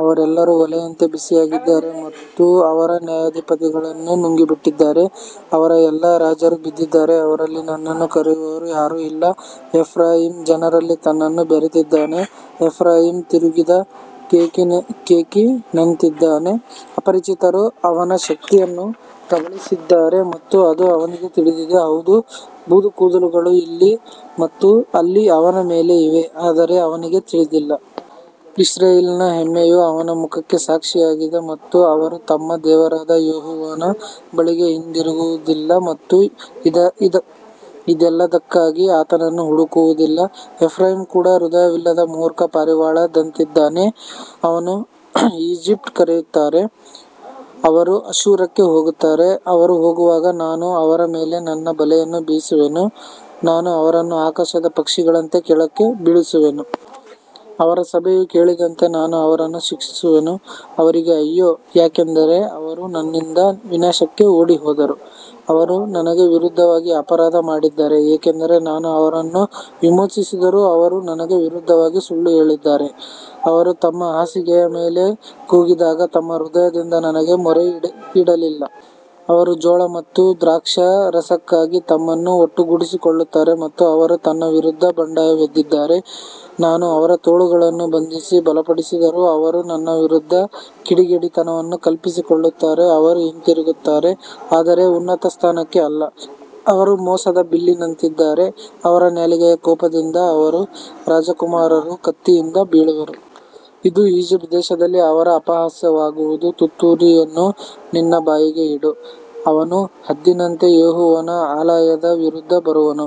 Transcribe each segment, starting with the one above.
ಅವರೆಲ್ಲರೂ ಒಲೆಯಂತೆ ಬಿಸಿಯಾಗಿದ್ದಾರೆ ಮತ್ತು ಅವರ ನ್ಯಾಯಾಧಿಪತಿಗಳನ್ನು ನುಂಗಿಬಿಟ್ಟಿದ್ದಾರೆ. ಅವರ ಎಲ್ಲಾ ರಾಜರು ಬಿದ್ದಿದ್ದಾರೆ, ಅವರಲ್ಲಿ ನನ್ನನ್ನು ಕರೆಯುವವರು ಯಾರೂ ಇಲ್ಲ. ಎಫ್ರಾಯೀಮ್ ಜನರಲ್ಲಿ ತನ್ನನ್ನು ಬೆರೆತಿದ್ದಾನೆ. ಎಫ್ರಾಯೀಮ್ ತಿರುಗದ ಕೇಕಿನಂತಿದ್ದಾನೆ. ಅಪರಿಚಿತರು ಅವನ ಶಕ್ತಿಯನ್ನು ಕಬಳಿಸಿದ್ದಾರೆ ಮತ್ತು ಅದು ಅವನಿಗೆ ತಿಳಿದಿದೆ. ಹೌದು, ಬೂದು ಕೂದಲುಗಳು ಇಲ್ಲಿ ಮತ್ತು ಅಲ್ಲಿ ಅವನ ಮೇಲೆ ಇವೆ, ಆದರೆ ಅವನಿಗೆ ತಿಳಿದಿಲ್ಲ. ಇಸ್ರಾಯೇಲಿನ ಹೆಮ್ಮೆಯು ಅವನ ಮುಖಕ್ಕೆ ಸಾಕ್ಷಿಯಾಗಿದೆ ಮತ್ತು ಅವರು ತಮ್ಮ ದೇವರಾದ ಯೆಹೋವನ ಬಳಿಗೆ ಹಿಂತಿರುಗುವುದಿಲ್ಲ ಮತ್ತು ಇದೆಲ್ಲದಕ್ಕಾಗಿ ಆತನನ್ನು ಹುಡುಕುವುದಿಲ್ಲ. ಎಫ್ರಾಯೀಮ್ ಕೂಡ ಹೃದಯವಿಲ್ಲದ ಮೂರ್ಖ ಪಾರಿವಾಳದಂತಿದ್ದಾನೆ. ಅವರು ಈಜಿಪ್ಟಿಗೆ ಕರೆಯುತ್ತಾರೆ, ಅವರು ಅಶ್ಶೂರಕ್ಕೆ ಹೋಗುತ್ತಾರೆ. ಅವರು ಹೋಗುವಾಗ ನಾನು ಅವರ ಮೇಲೆ ನನ್ನ ಬಲೆಯನ್ನು ಬೀಸುವೆನು, ನಾನು ಅವರನ್ನು ಆಕಾಶದ ಪಕ್ಷಿಗಳಂತೆ ಕೆಳಕ್ಕೆ ಬೀಳಿಸುವೆನು. ಅವರ ಸಭೆಯು ಕೇಳಿದಂತೆ ನಾನು ಅವರನ್ನು ಶಿಕ್ಷಿಸುವೆನು. ಅವರಿಗೆ ಅಯ್ಯೋ, ಯಾಕಂದರೆ ಅವರು ನನ್ನಿಂದ ವಿನಾಶಕ್ಕೆ ಓಡಿಹೋದರು. ಅವರು ನನಗೆ ವಿರುದ್ಧವಾಗಿ ಅಪರಾಧ ಮಾಡಿದ್ದಾರೆ, ಏಕೆಂದರೆ ನಾನು ಅವರನ್ನು ವಿಮೋಚಿಸಿದರೂ ಅವರು ನನಗೆ ವಿರುದ್ಧವಾಗಿ ಸುಳ್ಳು ಹೇಳಿದ್ದಾರೆ. ಅವರು ತಮ್ಮ ಹಾಸಿಗೆಯ ಮೇಲೆ ಕೂಗಿದಾಗ ತಮ್ಮ ಹೃದಯದಿಂದ ನನಗೆ ಮೊರೆಯಿಡಲಿಲ್ಲ. ಅವರು ಜೋಳ ಮತ್ತು ದ್ರಾಕ್ಷಾರಸಕ್ಕಾಗಿ ತಮ್ಮನ್ನು ಒಟ್ಟುಗೂಡಿಸಿಕೊಳ್ಳುತ್ತಾರೆ ಮತ್ತು ಅವರು ನನ್ನ ವಿರುದ್ಧ ಬಂಡಾಯವೆದ್ದಿದ್ದಾರೆ. ನಾನು ಅವರ ತೋಳುಗಳನ್ನು ಬಂಧಿಸಿ ಬಲಪಡಿಸಿದರೂ ಅವರು ನನ್ನ ವಿರುದ್ಧ ಕಿಡಿಗೇಡಿತನವನ್ನು ಕಲ್ಪಿಸಿಕೊಳ್ಳುತ್ತಾರೆ. ಅವರು ಹಿಂತಿರುಗುತ್ತಾರೆ, ಆದರೆ ಉನ್ನತ ಸ್ಥಾನಕ್ಕೆ ಅಲ್ಲ. ಅವರು ಮೋಸದ ಬಿಲ್ಲಿನಂತಿದ್ದಾರೆ. ಅವರ ನಾಲಿಗೆಯ ಕೋಪದಿಂದ ಅವರ ರಾಜಕುಮಾರರು ಕತ್ತಿಯಿಂದ ಬೀಳುವರು. ಇದು ಈಜಿಪ್ಟ್ ದೇಶದಲ್ಲಿ ಅವರ ಅಪಹಾಸ್ಯವಾಗುವುದು. ತುತ್ತೂರಿಯನ್ನು ನಿನ್ನ ಬಾಯಿಗೆ ಇಡು. ಅವನು ಹದ್ದಿನಂತೆ ಯೆಹೋವನ ಆಲಯದ ವಿರುದ್ಧ ಬರುವನು,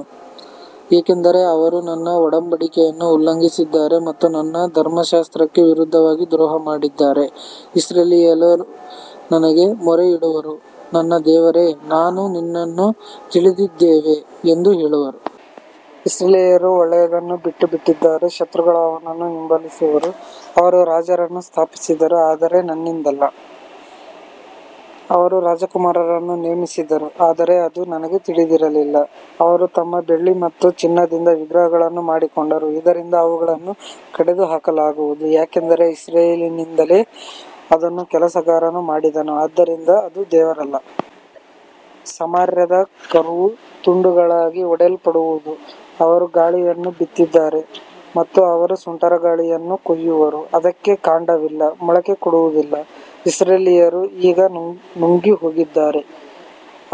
ಏಕೆಂದರೆ ಅವರು ನನ್ನ ಒಡಂಬಡಿಕೆಯನ್ನು ಉಲ್ಲಂಘಿಸಿದ್ದಾರೆ ಮತ್ತು ನನ್ನ ಧರ್ಮಶಾಸ್ತ್ರಕ್ಕೆ ವಿರುದ್ಧವಾಗಿ ದ್ರೋಹ ಮಾಡಿದ್ದಾರೆ. ಇಸ್ರಾಯೇಲ್ಯರು ನನಗೆ ಮೊರೆಯಿಡುವರು, ನನ್ನ ದೇವರೇ, ನಾವು ನಿನ್ನನ್ನು ತಿಳಿದಿದ್ದೇವೆ ಎಂದು ಹೇಳುವರು. ಇಸ್ರಾಯೇಲ್ಯರು ಒಳ್ಳೆಯದನ್ನು ಬಿಟ್ಟುಬಿಟ್ಟಿದ್ದಾರೆ, ಶತ್ರುಗಳು ಅವನನ್ನು ಹಿಂಬಾಲಿಸುವರು. ಅವರು ರಾಜರನ್ನು ಸ್ಥಾಪಿಸಿದರು, ಆದರೆ ನನ್ನಿಂದಲ್ಲ. ಅವರು ರಾಜಕುಮಾರರನ್ನು ನೇಮಿಸಿದರು, ಆದರೆ ಅದು ನನಗೆ ತಿಳಿದಿರಲಿಲ್ಲ. ಅವರು ತಮ್ಮ ಬೆಳ್ಳಿ ಮತ್ತು ಚಿನ್ನದಿಂದ ವಿಗ್ರಹಗಳನ್ನು ಮಾಡಿಕೊಂಡರು, ಇದರಿಂದ ಅವುಗಳನ್ನು ಕಡಿದುಹಾಕಲಾಗುವುದು. ಯಾಕಂದರೆ ಇಸ್ರಾಯೇಲಿನಿಂದಲೇ ಅದನ್ನು ಕೆಲಸಗಾರನು ಮಾಡಿದನು, ಆದ್ದರಿಂದ ಅದು ದೇವರಲ್ಲ. ಸಮಾರ್ಯದ ಕರುವು ತುಂಡುಗಳಾಗಿ ಒಡೆಯಲ್ಪಡುವುದು. ಅವರು ಗಾಳಿಯನ್ನು ಬಿತ್ತಿದ್ದಾರೆ ಮತ್ತು ಅವರು ಸುಂಟರಗಾಳಿಯನ್ನು ಕೊಯ್ಯುವರು. ಅದಕ್ಕೆ ಕಾಂಡವಿಲ್ಲ, ಮೊಳಕೆ ಕೊಡುವುದಿಲ್ಲ. ಇಸ್ರಾಯೇಲ್ಯರು ಈಗ ನುಂಗಿಹೋಗಿದ್ದಾರೆ.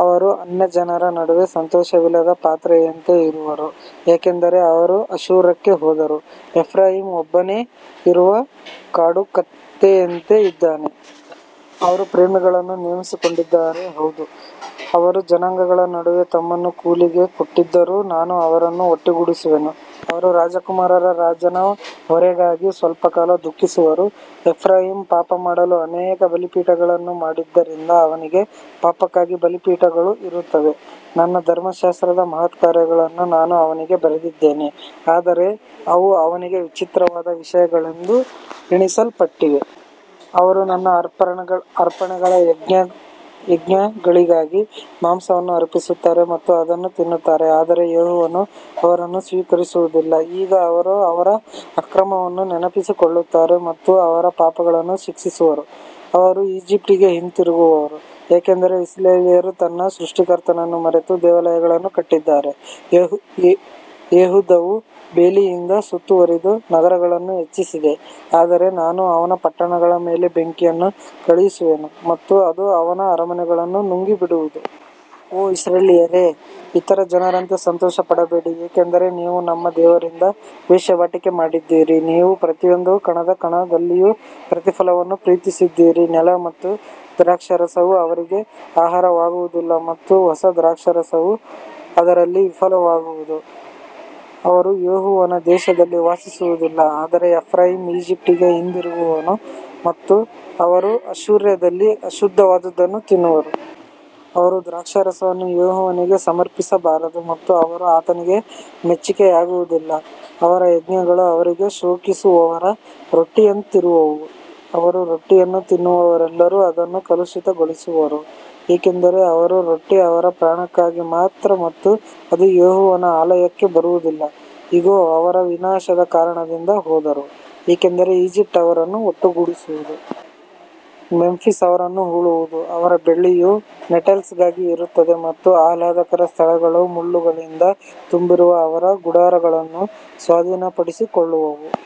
ಅವರು ಅನ್ಯಜನರ ನಡುವೆ ಸಂತೋಷವಿಲ್ಲದ ಪಾತ್ರೆಯಂತೆ ಇರುವರು, ಯಾಕಂದರೆ ಅವರು ಅಶ್ಶೂರಕ್ಕೆ ಹೋದರು. ಎಫ್ರಾಯೀಮ್ ಒಬ್ಬನೇ ಇರುವ ಕಾಡುಕತ್ತೆಯಂತೆ ಇದ್ದಾನೆ. ಅವರು ಪ್ರೇಮಿಗಳನ್ನು ನೇಮಿಸಿಕೊಂಡಿದ್ದಾರೆ. ಹೌದು, ಅವರು ಜನಾಂಗಗಳ ನಡುವೆ ತಮ್ಮನ್ನು ಕೂಲಿಗೆ ಕೊಟ್ಟಿದ್ದರೂ ನಾನು ಅವರನ್ನು ಒಟ್ಟುಗೂಡಿಸುವೆನು. ಅವರು ರಾಜಕುಮಾರರ ರಾಜನ ಹೊರೆಗಾಗಿ ಸ್ವಲ್ಪಕಾಲ ದುಃಖಿಸುವರು. ಎಫ್ರಾಯೀಮ್ ಪಾಪಮಾಡಲು ಅನೇಕ ಬಲಿಪೀಠಗಳನ್ನು ಮಾಡಿದ್ದರಿಂದ ಅವನಿಗೆ ಪಾಪಕ್ಕಾಗಿ ಬಲಿಪೀಠಗಳು ಇರುತ್ತವೆ. ನನ್ನ ಧರ್ಮಶಾಸ್ತ್ರದ ಮಹತ್ಕಾರ್ಯಗಳನ್ನು ನಾನು ಅವನಿಗೆ ಬರೆದಿದ್ದೇನೆ, ಆದರೆ ಅವು ಅವನಿಗೆ ವಿಚಿತ್ರವಾದ ವಿಷಯಗಳೆಂದು ಎಣಿಸಲ್ಪಟ್ಟಿವೆ. ಅವರು ನನ್ನ ಅರ್ಪಣೆಗಳ ಯಜ್ಞಗಳಿಗಾಗಿ ಮಾಂಸವನ್ನು ಅರ್ಪಿಸುತ್ತಾರೆ ಮತ್ತು ಅದನ್ನು ತಿನ್ನುತ್ತಾರೆ, ಆದರೆ ಯೆಹೋವನು ಅವರನ್ನು ಸ್ವೀಕರಿಸುವುದಿಲ್ಲ. ಈಗ ಅವರು ಅವರ ಅಕ್ರಮವನ್ನು ನೆನಪಿಸಿಕೊಳ್ಳುತ್ತಾರೆ ಮತ್ತು ಅವರ ಪಾಪಗಳನ್ನು ಶಿಕ್ಷಿಸುವರು. ಅವರು ಈಜಿಪ್ಟಿಗೆ ಹಿಂತಿರುಗುವರು, ಯಾಕಂದರೆ ಇಸ್ರಾಯೇಲ್ಯರು ತನ್ನ ಸೃಷ್ಟಿಕರ್ತನನ್ನು ಮರೆತು ದೇವಾಲಯಗಳನ್ನು ಕಟ್ಟಿದ್ದಾರೆ. ಯೆಹೂದವು ಬೇಲಿಯಿಂದ ಸುತ್ತುವರಿದ ನಗರಗಳನ್ನು ಹೆಚ್ಚಿಸಿದೆ, ಆದರೆ ನಾನು ಅವನ ಪಟ್ಟಣಗಳ ಮೇಲೆ ಬೆಂಕಿಯನ್ನು ಕಳುಹಿಸುವೆನು ಮತ್ತು ಅದು ಅವನ ಅರಮನೆಗಳನ್ನು ನುಂಗಿಬಿಡುವುದು. ಓ ಇಸ್ರಾಯೇಲ್ಯರೇ, ಇತರ ಜನರಂತೆ ಸಂತೋಷಪಡಬೇಡಿ, ಏಕೆಂದರೆ ನೀವು ನಿಮ್ಮ ದೇವರಿಂದ ವೇಶ್ಯಾವಾಟಿಕೆ ಮಾಡಿದ್ದೀರಿ. ನೀವು ಪ್ರತಿಯೊಂದು ಕಣದ ಕಣದಲ್ಲಿಯೂ ಪ್ರತಿಫಲವನ್ನು ಪ್ರೀತಿಸಿದ್ದೀರಿ. ನೆಲ ಮತ್ತು ದ್ರಾಕ್ಷಾರಸವು ಅವರಿಗೆ ಆಹಾರವಾಗುವುದಿಲ್ಲ ಮತ್ತು ಹೊಸ ದ್ರಾಕ್ಷಾರಸವು ಅದರಲ್ಲಿ ವಿಫಲವಾಗುವುದು. ಅವರು ಯೆಹೋವನ ದೇಶದಲ್ಲಿ ವಾಸಿಸುವುದಿಲ್ಲ, ಆದರೆ ಎಫ್ರಾಯೀಮ್ ಈಜಿಪ್ಟಿಗೆ ಹಿಂದಿರುಗುವನು ಮತ್ತು ಅವರು ಅಶ್ಶೂರದಲ್ಲಿ ಅಶುದ್ಧವಾದದ್ದನ್ನು ತಿನ್ನುವರು. ಅವರು ದ್ರಾಕ್ಷಾರಸವನ್ನು ಯೆಹೋವನಿಗೆ ಸಮರ್ಪಿಸಬಾರದು ಮತ್ತು ಅವರು ಆತನಿಗೆ ಮೆಚ್ಚಿಕೆಯಾಗುವುದಿಲ್ಲ. ಅವರ ಯಜ್ಞಗಳು ಅವರಿಗೆ ಶೋಕಿಸುವವರ ರೊಟ್ಟಿಯಂತಿರುವವು. ಅವರ ರೊಟ್ಟಿಯನ್ನು ತಿನ್ನುವವರೆಲ್ಲರೂ ಅದನ್ನು ಕಲುಷಿತಗೊಳಿಸುವರು, ಏಕೆಂದರೆ ಅವರ ರೊಟ್ಟಿ ಅವರ ಪ್ರಾಣಕ್ಕಾಗಿ ಮಾತ್ರ ಮತ್ತು ಅದು ಯೆಹೋವನ ಆಲಯಕ್ಕೆ ಬರುವುದಿಲ್ಲ. ಇಗೋ, ಅವರು ವಿನಾಶದ ಕಾರಣದಿಂದ ಹೋದರು, ಏಕೆಂದರೆ ಈಜಿಪ್ಟ್ ಅವರನ್ನು ಒಟ್ಟುಗೂಡಿಸುವುದು. ಮೆಂಫಿಸ್ ಅವರನ್ನು ಹೂಳುವುದು. ಅವರ ಬೆಳ್ಳಿಯು ನೆಟಲ್ಸ್ಗಾಗಿ ಇರುತ್ತದೆ ಮತ್ತು ಆಹ್ಲಾದಕರ ಸ್ಥಳಗಳು ಮುಳ್ಳುಗಳಿಂದ ತುಂಬಿರುವ ಅವರ ಗುಡಾರಗಳನ್ನು ಸ್ವಾಧೀನಪಡಿಸಿಕೊಳ್ಳುವವು.